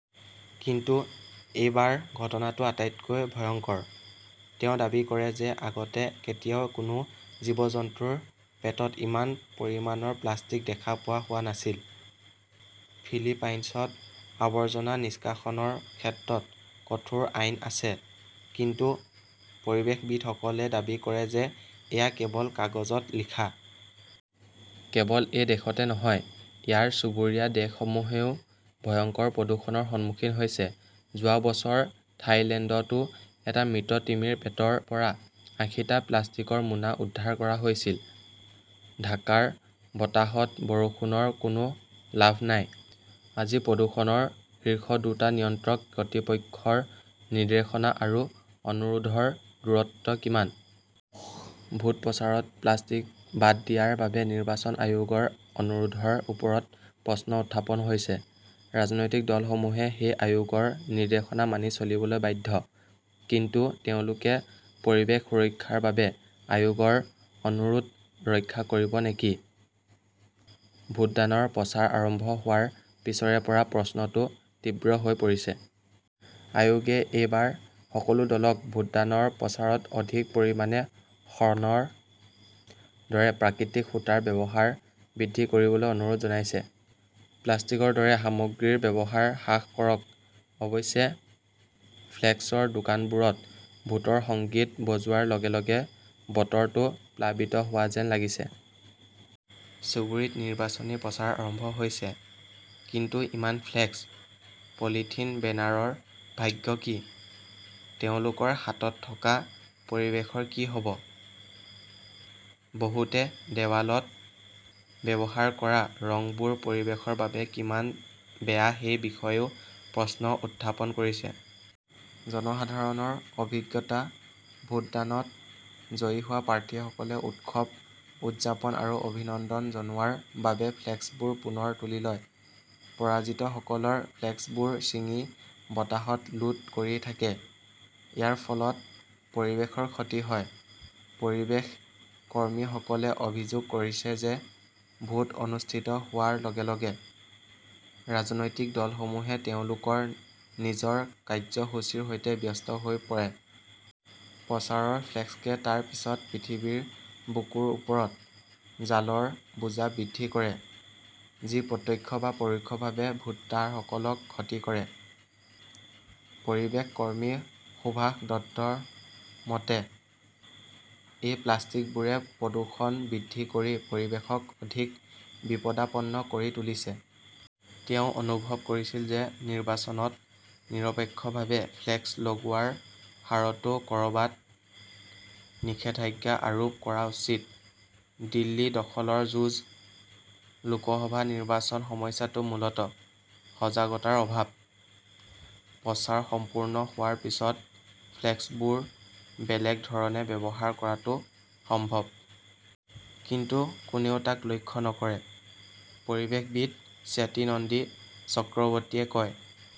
কিন্তু এইবাৰ ঘটনাটো আটাইতকৈ ভয়ংকৰ। তেওঁ দাবী কৰে যে আগতে কেতিয়াও কোনো জীৱ-জন্তুৰ পেটত ইমান পৰিমাণৰ প্লাষ্টিক দেখা পোৱা হোৱা নাছিল। ফিলিপাইনছত আৱৰ্জনা নিষ্কাশনৰ ক্ষেত্ৰত কঠোৰ আইন আছে। কিন্তু পৰিৱেশবিদসকলে দাবী কৰে যে এয়া কেৱল কাগজত লিখা। কেৱল এই দেশতে নহয়, ইয়াৰ চুবুৰীয়া দেশসমূহেও ভয়ংকৰ প্ৰদূষণৰ সন্মুখীন হৈছে। যোৱা বছৰ থাইলেণ্ডতো এটা মৃত তিমিৰ পেটৰ পৰা আশীটা প্লাষ্টিকৰ মোনা উদ্ধাৰ কৰা হৈছিল। ঢাকাৰ বতাহত বৰষুণৰ কোনো লাভ নাই, আজি প্ৰদূষণৰ শীৰ্ষ দুটা নিয়ন্ত্ৰক কৰ্তৃপক্ষৰ 'নিৰ্দেশনা' আৰু 'অনুৰোধ' ৰ দূৰত্ব কিমান? ভোট প্ৰচাৰত প্লাষ্টিক বাদ দিয়াৰ বাবে নিৰ্বাচন আয়োগৰ অনুৰোধৰ ওপৰত প্ৰশ্ন উত্থাপন হৈছে। ৰাজনৈতিক দলসমূহে সেই আয়োগৰ নিৰ্দেশনা মানি চলিবলৈ বাধ্য। কিন্তু তেওঁলোকে পৰিৱেশ সুৰক্ষাৰ বাবে আয়োগৰ 'অনুৰোধ 'ৰক্ষা কৰিব নেকি? ভোটদানৰ প্ৰচাৰ আৰম্ভ হোৱাৰ পিছৰে পৰা প্ৰশ্নটো তীব্ৰ হৈ পৰিছে। আয়োগে এইবাৰ সকলো দলক ভোটদানৰ প্ৰচাৰত অধিক পৰিমাণে শণৰ দৰে প্ৰাকৃতিক সূতাৰ ব্যৱহাৰ বৃদ্ধি কৰিবলৈ অনুৰোধ জনাইছে। প্লাষ্টিকৰ দৰে সামগ্ৰীৰ ব্যৱহাৰ হ্ৰাস কৰক। অৱশ্যে, ফ্লেক্সৰ দোকানবোৰত ভোটৰ সংগীত বজোৱাৰ লগে লগে বতৰটো প্লাবিত হোৱা যেন লাগিছে। চুবুৰীত নিৰ্বাচনী প্ৰচাৰ আৰম্ভ হৈছে। কিন্তু ইমান ফ্লেক্স, পলিথিন বেনাৰৰ ভাগ্য কি? তেওঁলোকৰ হাতত থকা পৰিৱেশৰ কি হ 'ব? বহুতে দেৱালত ব্যৱহাৰ কৰা ৰংবোৰ পৰিৱেশৰ বাবে কিমান বেয়া সেই বিষয়েও প্ৰশ্ন উত্থাপন কৰিছে। জনসাধাৰণৰ অভিজ্ঞতা, ভোটদানত জয়ী হোৱা প্ৰাৰ্থীসকলে উৎসৱ উদযাপন আৰু অভিনন্দন জনোৱাৰ বাবে ফ্লেক্সবোৰ পুনৰ তুলি লয়। পৰাজিতসকলৰ ফ্লেক্সবোৰ ছিঙি বতাহত লুট কৰি থাকে। ইয়াৰ ফলত পৰিৱেশৰ ক্ষতি হয়। পৰিৱেশ কৰ্মীসকলে অভিযোগ কৰিছে যে ভোট অনুষ্ঠিত হোৱাৰ লগে লগে ৰাজনৈতিক দলসমূহে তেওঁলোকৰ নিজৰ কাৰ্যসূচীৰ সৈতে ব্যস্ত হৈ পৰে। প্ৰচাৰৰ ফ্লেক্সে তাৰ পিছত পৃথিৱীৰ বুকুৰ ওপৰত জালৰ বোজা বৃদ্ধি কৰে। যি প্ৰত্যক্ষ বা পৰোক্ষভাৱে ভোটাৰসকলক ক্ষতি কৰে। পৰিৱেশ কৰ্মী সুভাষ দত্তৰ মতে, এই প্লাষ্টিকবোৰে প্ৰদূষণ বৃদ্ধি কৰি পৰিৱেশক অধিক বিপদাপন্ন কৰি তুলিছে। তেওঁ অনুভৱ কৰিছিল যে নিৰ্বাচনত নিৰপেক্ষভাৱে ফ্লেক্স লগোৱাৰ হাৰতো কৰবাত নিষেধাজ্ঞা আৰোপ কৰা উচিত। দিল্লী দখলৰ যুঁজ, লোকসভা নিৰ্বাচন সমস্যাটো মূলতঃ সজাগতাৰ অভাৱ। প্ৰচাৰ সম্পূৰ্ণ হোৱাৰ পিছত ফ্লেক্সবোৰ বেলেগ ধৰণে ব্যৱহাৰ কৰাটো সম্ভৱ। কিন্তু কোনেও তাক লক্ষ্য নকৰে, পৰিৱেশবিদ স্বাতী নন্দী চক্ৰৱৰ্তীয়ে কয়।